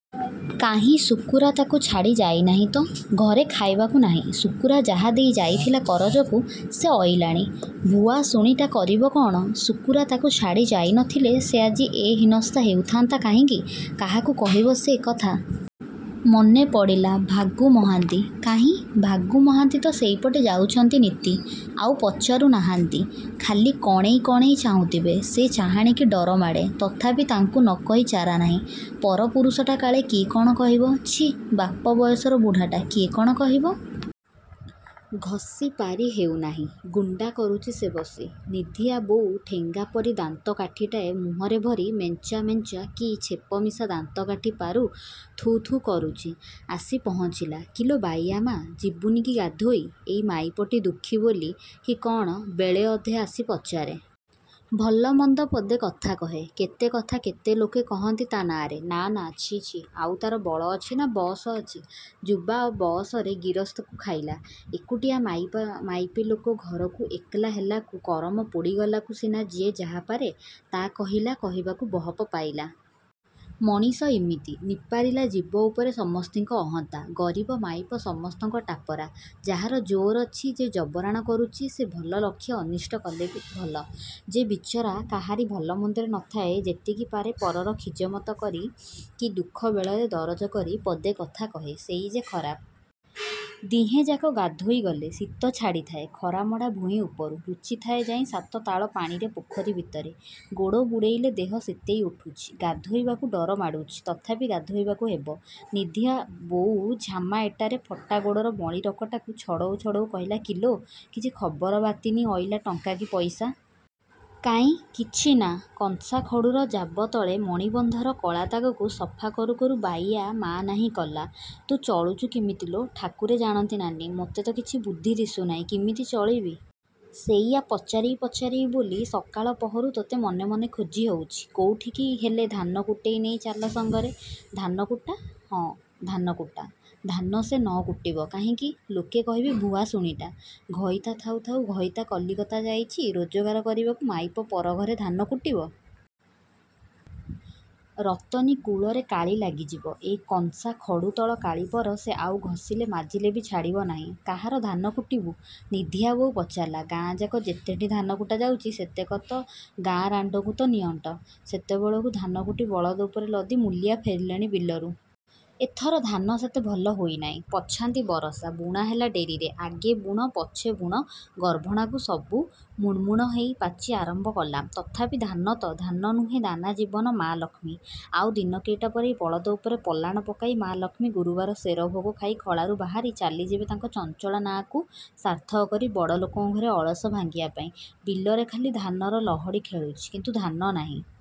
କାହିଁ ଶୁକୁରା ତାକୁ ଛାଡ଼ି ଯାଇନାହିଁ ତ! ଘରେ ଖାଇବାକୁ ନାହିଁ। ଶୁକୁରା ଯାହା ଦେଇ ଯାଇଥିଲା କରଜକୁ, ସେ ଅଇଲାଣି। ଭୁଆସୁଣୀଟା କରିବ କ'ଣ? ଶୁକୁରା ତାକୁ ଛାଡ଼ି ଯାଇ ନଥିଲେ, ସେ ଆଜି ଏ ହୀନସ୍ତା ହେଉଥାନ୍ତା କାହିଁକି? କାହାକୁ କହିବ ସେ ଏକଥା! ମନେ ପଡ଼ିଲା–ଭାଗୁ ମହାନ୍ତି! କାହିଁ? ଭାଗୁ ମହାନ୍ତି ତ ସେଇପଟେ ଯାଉଚନ୍ତି ନିତି। ଆଉ ପଚାରୁ ନାହାନ୍ତି। ଖାଲି କଣେଇ କଣେଇ ଚାହୁଁଥିବେ। ସେ ଚାହାଣିକି ଡରମାଡ଼େ। ତଥାପି ତାଙ୍କୁ ନକହି ଚାରା ନାହିଁ। ପରପୁରୁଷଟା କାଳେ କିଏ କ'ଣ କହିବ। ଛି ବାପ ବୟସର ବୁଢ଼ାଟା, କିଏ କ'ଣ କହିବ? ଘଷିପାରି ହେଉନାହିଁ–ଗୁଣ୍ଡା କରୁଚି ସେ ବସି। ନିଧିଆ ବୋଉ ଠେଙ୍ଗାପରି ଦାନ୍ତ କାଠିଟାଏ ମୁହଁରେ ଭରି ମେଞ୍ଚା ମେଞ୍ଚା କି ଛେପମିଶା ଦାନ୍ତକାଠି ପାରୁ ଥୁ ଥୁ କରୁଛି, ଆସି ପହଞ୍ଚିଲା–''କିଲୋ ବାଇଆ ମା, ଯିବୁନି କି ଗାଧୋଇ? '' ଏଇ ମାଇପଟି, ଦୁଃଖୀ ବୋଲି କି କ'ଣ, ବେଳେ ଅଧେ ଆସି ପଚାରେ। ଭଲମନ୍ଦ ପଦେ କଥା କହେ। କେତେ କଥା କେତେ ଲୋକେ କହନ୍ତି ତା' ନାଆଁରେ ନା ନା ଛି ଛି ଆଉ ତା'ର ବଳଅଛି ନା ବଅସ ଅଛି। ଯୁବା ବଅସରେ ଗିରସ୍ତକୁ ଖାଇଲା। ଏକୁଟିଆ ମାଇପ ମାଇପି ଲୋକ ଘରକୁ ଏକଲା ହେଲାକୁ, କରମ ପୋଡ଼ିଗଲାକୁ ସିନା ଯିଏ ଯାହାପାରେ ତା' କହିଲା କହିବାକୁ ବହପ ପାଇଲା। ମଣିଷ ଇମିତି। ନିପାରିଲା ଜୀବ ଉପରେ ସମସ୍ତିଙ୍କ ଅହନ୍ତା। ଗରିବ ମାଇପ ସମସ୍ତଙ୍କ ଟାପରା। ଯାହାର ଜୋର୍ ଅଛି, ଯେ ଜବରାଣ କରୁଛି, ସେ ଭଲ ଲକ୍ଷେ ଅନିଷ୍ଟ କଲେବି ଭଲ। ଯେ ବିଚରା କାହାରି ଭଲମନ୍ଦରେ ନଥାଏ, ଯେତିକି ପାରେ ପରର ଖିଜମତ କରେ କି ଦୁଃଖ ବେଳରେ ଦରଜ କରି ପଦେ କଥା କହେ, ସେଇ ଯେ ଖରାପ। ଦିହେଁଯାକ ଗାଧୋଇ ଗଲେ। ଶୀତ ଛାଡ଼ିଥାଏ ଖରାମଡ଼ା ଭୂଇଁଉପରୁ, ଲୁଚିଥାଏ ଯାଇ ସାତ ତାଳ ପାଣିରେ ପୋଖରୀ ଭିତରେ। ଗୋଡ଼ ବୁଡ଼େଇଲେ ଦେହ ଶୀତେଇ ଉଠୁଚି। ଗାଧୋଇବାକୁ ଡରମାଡ଼ୁଚି, ତଥାପି ଗାଧୋଇବାକୁ ହବ। ନିଧିଆ ବୋଉ ଝାମା ଇଟାରେ ଫଟା ଗୋଡ଼ର ମଳି ରକଟାକୁ ଛଡ଼ଉ ଛଡ଼ଉ କହିଲା ''କିଲୋ, କିଛି ଖବର ବାତିନି ଅଇଲା ଟଙ୍କା କି ପଇସା? '' ''କାଇଁ।? କିଛି ନା। '' କଂସା ଖଡ଼ୁର ଜାବ ତଳେ ମଣିବନ୍ଧର କଳା ଦାଗକୁ ସଫା କରୁ କରୁ ବାଇୟା ମା ନାହିଁ କଲା। ''ତୁ ଚଳୁଚୁ କିମିତି ଲୋ? '' ''ଠାକୁରେ ଜାଣନ୍ତି ନାନୀ। ମୋତେ ତ କିଛି ବୁଦ୍ଧି ଦିଶୁନାହିଁ, କିମିତି ଚଳିବି। ସେଇଆ ପଚାରିବି ପଚାରିବି ବୋଲି ସକାଳ ପହରୁ ତୋତେ ମନେ ମନେ ଖୋଜି ହଉଚି। କୋଉଠିକି ହେଲେ ଧାନକୁଟେଇ ନେଇ ଚାଲ ସାଙ୍ଗରେ। '' ଧାନକୁଟା? ହଁ, ଧାନକୁଟା। ଧାନ ସେ ନକୁଟିବ କାହିଁକି? ଲୋକେ କହିବେ ଭୁଆସୁଣୀଟା, ଘଇତା ଥାଉ ଥାଉ, ଘଇତା କଲିକତା ଯାଇଚି ରୋଜଗାର କରିବାକୁ ମାଇପ ପର ଘରେ ଧାନକୁଟିବ! ରତନୀ କୁଳରେ କାଳି ଲାଗିଯିବ। ଏଇ କଂସା ଖଡ଼ୁ ତଳ କାଳିପର ସେ ଆଉ ଘସିଲେ ମାଜିଲେବି ଛାଡ଼ିବ ନାହିଁ। ''କାହାର ଧାନକୁଟିବୁ? '' ନିଧିଆ ବୋଉ ପଚାରିଲା–''ଗାଁଯାକ ଯେତେଠିଁ ଧାନକୁଟା ଯାଉଚି ସେତକ ଗାଁ ରାଣ୍ଡକୁ ତ ନିଅଣ୍ଟ। '' ସେତେବେଳକୁ ଧାନକୁଟି ବଳଦ ଉପରେ ଲଦି ମୂଲିଆ ଫେରିଲେଣି ବିଲରୁ। ଏଥର ଧାନ ସେତେ ଭଲ ହୋଇ ନାହିଁ। ପଛାନ୍ତି ବରଷା। ବୁଣା ହେଲା ଡେରିରେ। ଆଗେ ବୁଣ ପଛେ ବୁଣ ଗର୍ଭଣାକୁ ସବୁ ମୁଣ୍ମୁଣ୍ ହେଇ ପାଚି ଆରମ୍ଭ କଲା। ତଥାପି ଧାନ ତ, ଧାନନୁହେଁ ଦାନା ଜୀବନ ମା ଲକ୍ଷ୍ମୀ। ଆଉ ଦିନ କେଇଟା ପରେ ଏଇ ବଳଦ ଉପରେ ପଲାଣ ପକାଇ ମା ଲକ୍ଷ୍ମୀ ଗୁରୁବାର ସେର ଭୋଗ ଖାଇ ଖଳାରୁ ବାହାରି ଚାଲିଯିବେ ତାଙ୍କ ଚଞ୍ଚଳା ନାଆଁକୁ ସାର୍ଥକ କରି। ବଡ଼ଲୋକଙ୍କ ଘରେ ଅଳସ ଭାଙ୍ଗିବାପାଇଁ। ବିଲରେ ଖାଲି ଧାନର ଲହଡ଼ି ଖେଳୁଛି। କିନ୍ତୁ ଧାନ ନାହିଁ?